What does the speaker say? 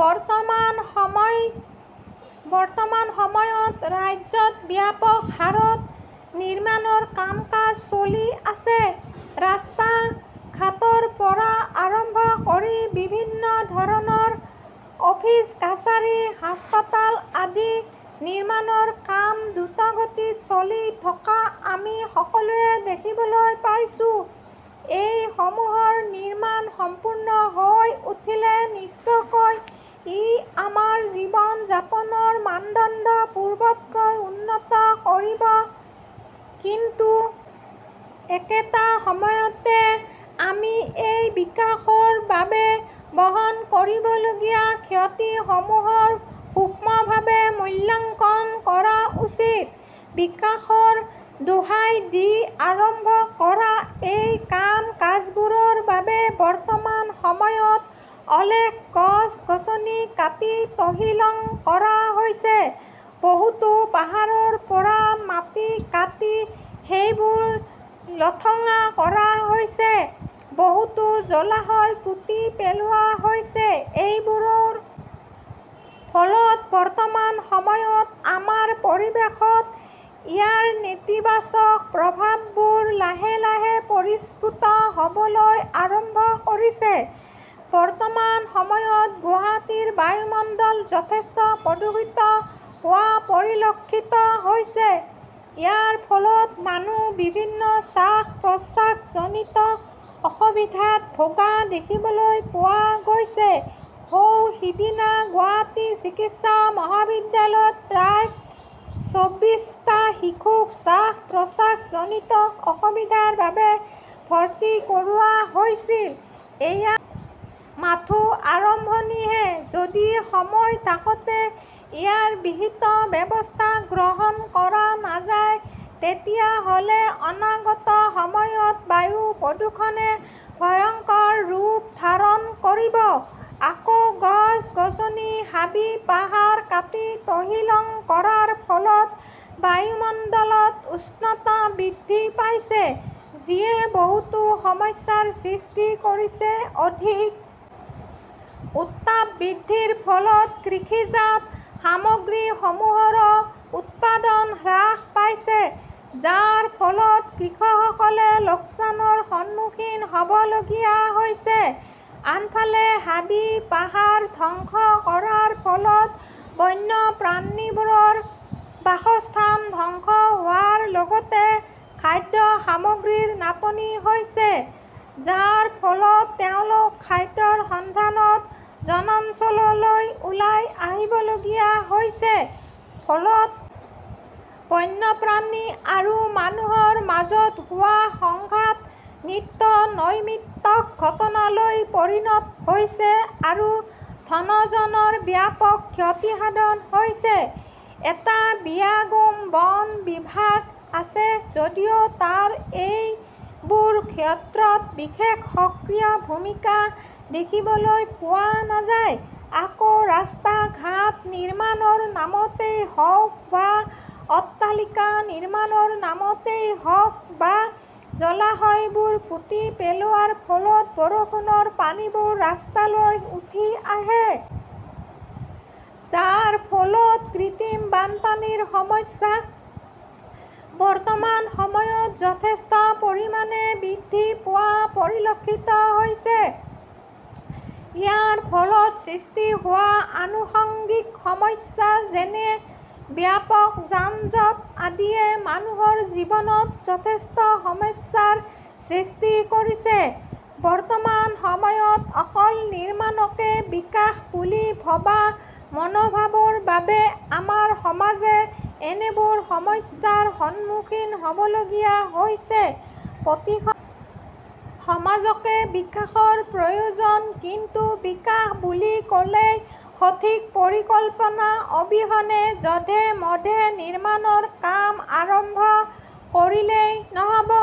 বৰ্তমান সময় বৰ্তমান সময়ত ৰাজ্যত ব্যাপক হাৰত নিৰ্মাণৰ কাম-কাজ চলি আছে। ৰাস্তা-ঘাটৰ পৰা আৰম্ভ কৰি বিভিন্ন ধৰণৰ অফিচ-কাছাৰী হাস্পতাল আদি নিৰ্মাণৰ কাম দ্ৰুতগতিত চলি থকা আমি সকলোৱে দেখিবলৈ পাইছো। এই সমূহৰ নিৰ্মাণ সম্পূৰ্ণ হৈ উঠিলে নিশ্চয়কৈ ই আমাৰ জীৱন-যাপনৰ মানদণ্ড পূৰ্বতকৈ উন্নত কৰিব। কিন্তু একেটা সময়তে আমি এই বিকাশৰ বাবে বহন কৰিবলগীয়া ক্ষতিসমূহৰ সুক্ষ্মভাৱে মূল্যাংকন কৰা উচিত। বিকাশৰ দোহাই দি আৰম্ভ কৰা এই কাম-কাজবোৰৰ বাবে বৰ্তমান সময়ত অলেখ গছ-গছনি কাটি তহিলং কৰা হৈছে, বহুতো পাহাৰৰ পৰা মাটি কাটি সেইবোৰ লঠঙা কৰা হৈছে, বহুতো জলাশয় পুতি পেলোৱা হৈছে। এইবোৰৰ ফলত বৰ্তমান সময়ত আমাৰ পৰিৱেশত ইয়াৰ নেতিবাচক প্ৰভাৱবোৰ লাহে লাহে পৰিস্ফুত হ'বলৈ আৰম্ভ কৰিছে। বৰ্তমান সময়ত গুৱাহাটীৰ বায়ুমণ্ডল যথেষ্ট প্ৰদূষিত হোৱা পৰিলক্ষিত হৈছে। ইয়াৰ ফলত মানুহ বিভিন্ন শ্বাস-প্ৰশ্বাসজনিত অসুবিধাত ভোগা দেখিবলৈ পোৱা গৈছে। সৌ সিদিনা গুৱাহাটী চিকিৎসা মহাবিদ্যালয়ত প্ৰায় ছবিছটা শিশুক শ্বাস-প্ৰশ্বাসজনিত অসুবিধাৰ বাবে ভৰ্তি কৰোৱা হৈছিল। এয়া মাথো আৰম্ভণিহে যদি সময় থাকোতে ইয়াৰ বিহিত ব্যৱস্থা গ্ৰহণ কৰা নাযায় তেতিয়াহ'লে অনাগত সময়ত বায়ু প্ৰদূষণে ভয়ংকৰ ৰূপ ধাৰণ কৰিব। আকৌ গছ-গছনি হাবি-পাহাৰ কাটি তহিলং কৰাৰ ফলত বায়ুমণ্ডলত উষ্ণতা বৃদ্ধি পাইছে, যিয়ে বহুতো সমস্যাৰ সৃষ্টি কৰিছে। অধিক উত্তাপ বৃদ্ধিৰ ফলত কৃষিজাত সামগ্ৰীসমূহৰো উৎপাদন হ্ৰাস পাইছে, যাৰ ফলত কৃষকসকলে লোকচানৰ সন্মুখীন হবলগীয়া হৈছে। আনফালে হাবি-পাহাৰ ধ্বংস কৰাৰ ফলত বন্য প্ৰাণীবোৰৰ বাসস্থান ধ্বংস হোৱাৰ লগতে, খাদ্য সামগ্ৰীৰ নাটনি হৈছে, যাৰ ফলত তেওঁলোক খাদ্যৰ সন্ধানত জনানঞ্চললৈ ওলাই আহিবলগীয়া হৈছে। ফলত বন্যপ্ৰাণী আৰু মানুহৰ মাজত হোৱা সংঘাত নিত্য নৈমিত্তক ঘটনালৈ পৰিণত হৈছে আৰু ধনজনৰ ব্যাপক ক্ষতিসাধন হৈছে। এটা বিয়াগোম বন বিভাগ আছে যদিও তাৰ এইবোৰ ক্ষেত্ৰত বিশেষ সক্ৰিয় ভূমিকা দেখিবলৈ পোৱা নাযায়। আকৌ ৰাস্তা-ঘাট নিৰ্মাণৰ নামতেই হওঁক বা অট্টালিকা নিৰ্মাণৰ নামতেই হওঁক বা জলাশয়বোৰ পুতি পেলোৱাৰ ফলত বৰষুণৰ পানীবোৰ ৰাস্তালৈ উঠি আহে। যাৰ ফলত কৃত্ৰিম বানপানীৰ সমস্যা বৰ্তমান সময়ত যথেষ্ট পৰিমাণে বৃদ্ধি পোৱা পৰিলক্ষিত হৈছে। ইয়াৰ ফলত সৃষ্টি হোৱা আনুসংগিক সমস্যা যেনে: ব্যাপক যানজঁট আদিয়ে মানুহৰ জীৱনত যথেষ্ট সমস্যাৰ সৃষ্টি কৰিছে। বৰ্তমান সময়ত অকল নিৰ্মাণকে বিকাশ বুলি ভবা মনোভাৱৰ বাবে আমাৰ সমাজে এনেবোৰ সমস্যাৰ সন্মুখীন হ'বলগীয়া হৈছে। প্ৰতিখন সমাজকে বিকাশৰ প্ৰয়োজন, কিন্তু বিকাশ বুলি ক'লেই সঠিক পৰিকল্পনা অবিহনে যধে-মধে নিৰ্মাণৰ কাম আৰম্ভ কৰিলে নহ'ব।